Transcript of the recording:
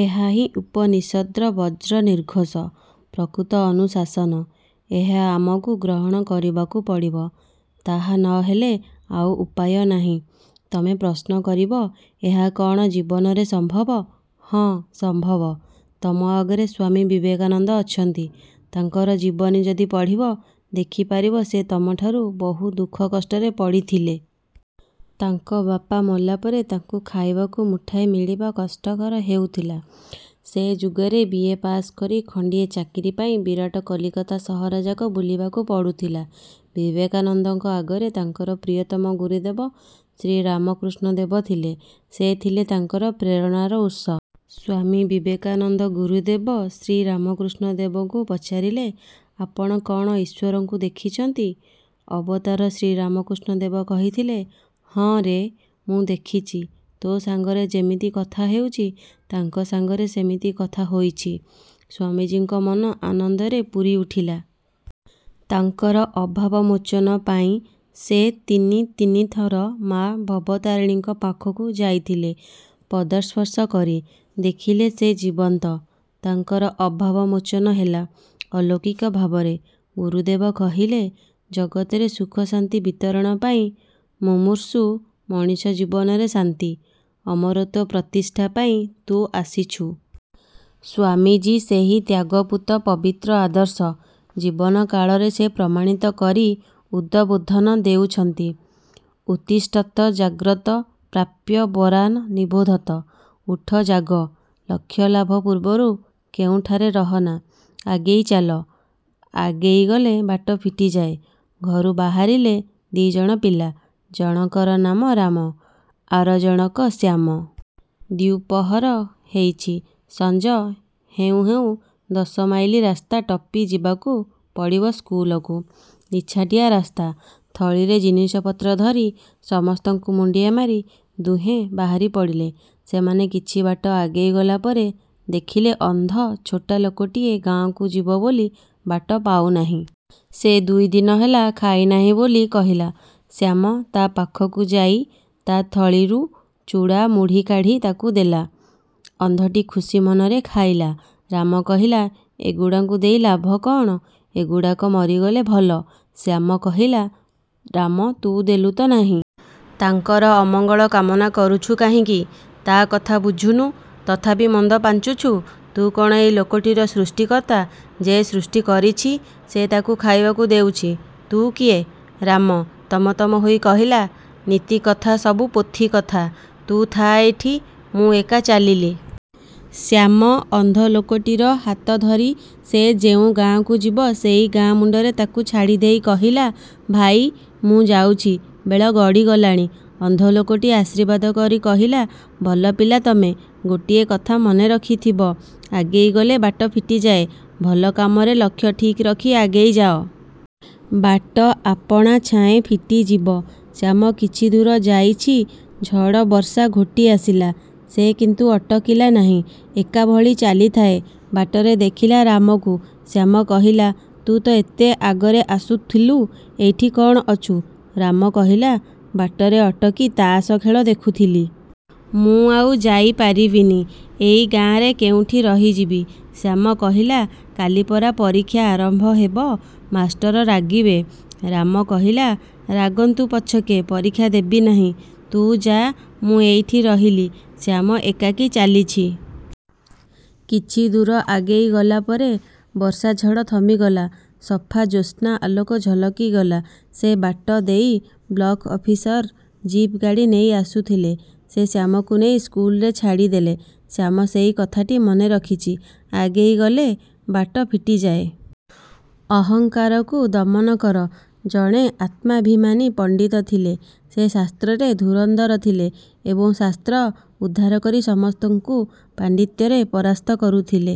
ଏହାହିଁ ଉପନିଷଦ୍ର ବଜ୍ର ନିର୍ଘୋଷ-ପ୍ରକୃତ ଅନୁଶାସନ। ଏହା ଆମକୁ ଗ୍ରହଣ କରିବାକୁ ପଡ଼ିବ। ତାହା ନ ହେଲେ ଆଉ ଉପାୟ ନାହିଁ। ତମେ ପ୍ରଶ୍ନ କରିବ ଏହା କ'ଣ ଜୀବନରେ ସମ୍ଭବ? ହଁ। ସମ୍ଭବ। ତମ ଆଗରେ ସ୍ୱାମୀ ବିବେକାନନ୍ଦ ଅଛନ୍ତି। ତାଙ୍କର ଜୀବନୀ ଯଦି ପଢ଼ିବ, ଦେଖିପାରିବ ସେ ତମଠାରୁ ବହୁ ଦୁଃଖକଷ୍ଟରେ ପଡ଼ିଥିଲେ। ତାଙ୍କ ବାପା ମଲାପରେ ତାଙ୍କୁ ଖାଇବାକୁ ମୁଠାଏ ମିଳିବା କଷ୍ଟକର ହେଉଥିଲା। ସେ ଯୁଗରେ ବି:ଏ: ପାସ୍ କରି ଖଣ୍ଡିଏ ଚାକିରିପାଇଁ ବିରାଟ କଲିକତା ସହରଯାକ ବୁଲିବାକୁ ପଡ଼ୁଥିଲା। ବିବେକାନନ୍ଦଙ୍କ ଆଗରେ ତାଙ୍କର ପ୍ରିୟତମ ଗୁରୁଦେବ ଶ୍ରୀରାମକୃଷ୍ଣ ଦେବ ଥିଲେ। ସେ ଥିଲେ ତାଙ୍କ ପ୍ରେରଣାର ଉତ୍ସ। ସ୍ୱାମୀ ବିବେକାନନ୍ଦ ଗୁରୁଦେବ ଶ୍ରୀରାମକୃଷ୍ଣ ଦେବଙ୍କୁ ପଚାରିଲେ, ''ଆପଣ କ'ଣ ଈଶ୍ୱରଙ୍କୁ ଦେଖିଛନ୍ତି? '' ଅବତାର ଶ୍ରୀରାମକୃଷ୍ଣ ଦେବ କହିଥିଲେ, ''ହଁରେ, ମୁଁ ଦେଖିଛି। ତୋ ସାଙ୍ଗରେ ଯେମିତି କଥା ହେଉଛି, ତାଙ୍କ ସାଙ୍ଗରେ ସେମିତି କଥା ହୋଇଛି। '' ସ୍ୱାମୀଜୀଙ୍କ ମନ ଆନନ୍ଦରେ ପୂରି ଉଠିଲା। ତାଙ୍କର ଅଭାବ ମୋଚନ ପାଇଁ ସେ ତିନି ତିନିଥର ମା ଭବତାରିଣୀଙ୍କ ପାଖକୁ ଯାଇଥିଲେ। ପଦସ୍ପର୍ଶ କରି ଦେଖିଲେ ସେ ଜୀବନ୍ତ। ତାଙ୍କର ଅଭାବ ମୋଚନ ହେଲା ଅଲୌକିକ ଭାବରେ। ଗୁରୁଦେବ କହିଲେ, ''ଜଗତରେ ସୁଖଶାନ୍ତି ବିତରଣ ପାଇଁ, ମୁମୂର୍ଷୁ ମଣିଷ-ଜୀବନରେ ଶାନ୍ତି, ଅମରତ୍ୱ ପ୍ରତିଷ୍ଠା ପାଇଁ ତୁ ଆସିଛୁ। '' ସ୍ୱାମୀଜୀ ସେହି ତ୍ୟାଗପୂତ ପବିତ୍ର ଆଦର୍ଶ। ଜୀବନ କାଳରେ ସେ ପ୍ରମାଣିତ କରି ଉଦବୋଧନ ଦେଇଛନ୍ତି-''ଉତ୍ତିଷ୍ଠତ ଜାଗ୍ରତ ପ୍ରାପ୍ୟ ବରାନ୍ ନିବୋଧତ''-ଉଠ, ଜାଗ, ଲକ୍ଷ୍ୟ ଲାଭ ପୂର୍ବରୁ କେଉଁଠାରେ ରହନା, ଆଗେଇ ଚାଲ। ଆଗେଇଗଲେ ବାଟ ଫିଟିଯାଏ ଘରୁ ବାହାରିଲେ ଦିଜଣ ପିଲା। ଜଣକର ନାମ ରାମ, ଆର ଜଣକ ଶ୍ୟାମ। ଦ୍ୱିପହର ହେଇଛି; ସଞ୍ଜ ହେଉଁ ହେଉଁ ଦଶମାଇଲ ରାସ୍ତା ଟପି ଯିବାକୁ ପଡ଼ିବ ସ୍କୁଲକୁ। ନିଛାଟିଆ ରାସ୍ତା। ଥଳିରେ ଜିନିଷପତ୍ର ଧରି ସମସ୍ତଙ୍କୁ ମୁଣ୍ଡିଆ ମାରି ଦୁହେଁ ବାହାରି ପଡ଼ିଲେ। ସେମାନେ କିଛି ବାଟ ଆଗେଇ ଗଲା ପରେ ଦେଖିଲେ ଅନ୍ଧ ଛୋଟା ଲୋକଟିଏ ଗାଁକୁ ଯିବ ବୋଲି ବାଟ ପାଉନାହିଁ। ସେ ଦୁଇଦିନ ହେଲା ଖାଇନାହିଁ ବୋଲି କହିଲା। ଶ୍ୟାମ ତା ପାଖକୁ ଯାଇ ତା ଥଳିରୁ ଚୂଡ଼ା-ମୁଢ଼ି କାଢ଼ି ତାକୁ ଦେଲା। ଅନ୍ଧଟି ଖୁସି ମନରେ ଖାଇଲା। ରାମ କହିଲା-ଏଗୁଡ଼ାଙ୍କୁ ଦେଇ ଲାଭ କଣ? ଏଗୁଡ଼ାକ ମରିଗଲେ ଭଲ। ଶ୍ୟାମ କହିଲା-ରାମ, ତୁ ଦେଲୁତ ନାହିଁ। ତାଙ୍କର ଅମଙ୍ଗଳ କାମନା କରୁଛୁ କାହିଁକି? ତା' କଥା ବୁଝୁନୁ, ତଥାପି ମନ୍ଦ ପାଞ୍ଚୁଛୁ। ତୁ କଣ ଏଇ ଲୋକଟିର ସୃଷ୍ଟିକର୍ତ୍ତା। ଯେ ସୃଷ୍ଟି କରିଛି ସେ ତାକୁ ଖାଇବାକୁ ଦେଉଛି। ତୁ କିଏ? ରାମ ତମ-ତମ ହୋଇ କହିଲା-ନୀତିକଥା ସବୁ ପୋଥି-କଥା। ତୁ ଥା ଏଇଠି, ମୁଁ ଏକା ଚାଲିଲି। ଶ୍ୟାମ ଅନ୍ଧଲୋକଟିର ହାତ ଧରି ସେ ଯେଉଁ ଗାଁକୁ ଯିବ ସେଇ ଗାଁ ମୁଣ୍ଡରେ ତାକୁ ଛାଡ଼ିଦେଇ କହିଲା-''ଭାଇ, ମୁଁ ଯାଉଛି, ବେଳ ଗଡ଼ିଗଲାଣି। '' ଅନ୍ଧଲୋକଟି ଆଶୀର୍ବାଦ କରି କହିଲା-''ଭଲ ପିଲା ତମେ। ଗୋଟିଏ କଥା ମନେ ରଖିଥିବ-ଆଗେଇ ଗଲେ ବାଟ ଫିଟିଯାଏ। ଭଲ କାମରେ ଲକ୍ଷ୍ୟ ଠିକ୍ ରଖି ଆଗେଇ ଯାଅ। ବାଟ ଆପଣାଛାଏଁ ଫିଟିଯିବ। '' ଶ୍ୟାମ କିଛିଦୂର ଯାଇଛି, ଝଡ଼ ବର୍ଷା ଘୋଟି ଆସିଲା। ସେ କିନ୍ତୁ ଅଟକିଲା ନାହିଁ ଏକାଭଳି ଚାଲିଥାଏ। ବାଟରେ ଦେଖିଲା ରାମକୁ। ଶ୍ୟାମ କହିଲା,-''ତୁ ତ ଏତେ ଆଗରେ ଆସୁଥିଲୁ, ଏଇଠି କଣ ଅଛୁ? '' ରାମ କହିଲା-''ବାଟରେ ଅଟକି ତାସଖେଳ ଦେଖୁଥିଲି। ମୁଁ ଆଉ ଯାଇ ପାରିବିନି। ଏଇ ଗାଁରେ କେଉଁଠି ରହିଯିବି। '' ଶ୍ୟାମ କହିଲା-''କାଲି ପରା ପରୀକ୍ଷା ଆରମ୍ଭ ହେବ। ମାଷ୍ଟର ରାଗିବେ। '' ରାମ କହିଲା-''ରାଗନ୍ତୁ ପଛକେ ପରୀକ୍ଷା ଦେବି ନାହିଁ, ତୁ ଯା, ମୁଁ ଏଇଠି ରହିଲି। '' ଶ୍ୟାମ ଏକାକୀ ଚାଲିଛି। କିଛି ଦୂର ଆଗେଇ ଗଲାପରେ ବର୍ଷା ଝଡ଼ ଥମିଗଲା। ସଫା ଜ୍ୟୋତ୍ସ୍ନା ଆଲୋକ ଝଲକି ଗଲା। ସେ ବାଟ ଦେଇ ବ୍ଲକ-ଅଫିସର ଜିପ୍ ଗାଡ଼ି ନେଇ ଆସୁଥିଲେ। ସେ ଶ୍ୟାମକୁ ନେଇ ସ୍କୁଲରେ ଛାଡ଼ିଦେଲେ। ଶ୍ୟାମ ସେଇ କଥାଟି ମନେ ରଖିଛି-'ଆଗେଇ ଗଲେ ବାଟ ଫିଟିଯାଏ। ' ଅହଂକାରକୁ ଦମନ କର ଜଣେ ଆତ୍ମାଭିମାନୀ ପଣ୍ଡିତ ଥିଲେ। ସେ ଶାସ୍ତ୍ରରେ ଧୁରନ୍ଧର ଥିଲେ ଏବଂ ଶାସ୍ତ୍ର ଉଦ୍ଧାର କରି ସମସ୍ତଙ୍କୁ ପାଣ୍ଡିତ୍ୟରେ ପରାସ୍ତ କରୁଥିଲେ।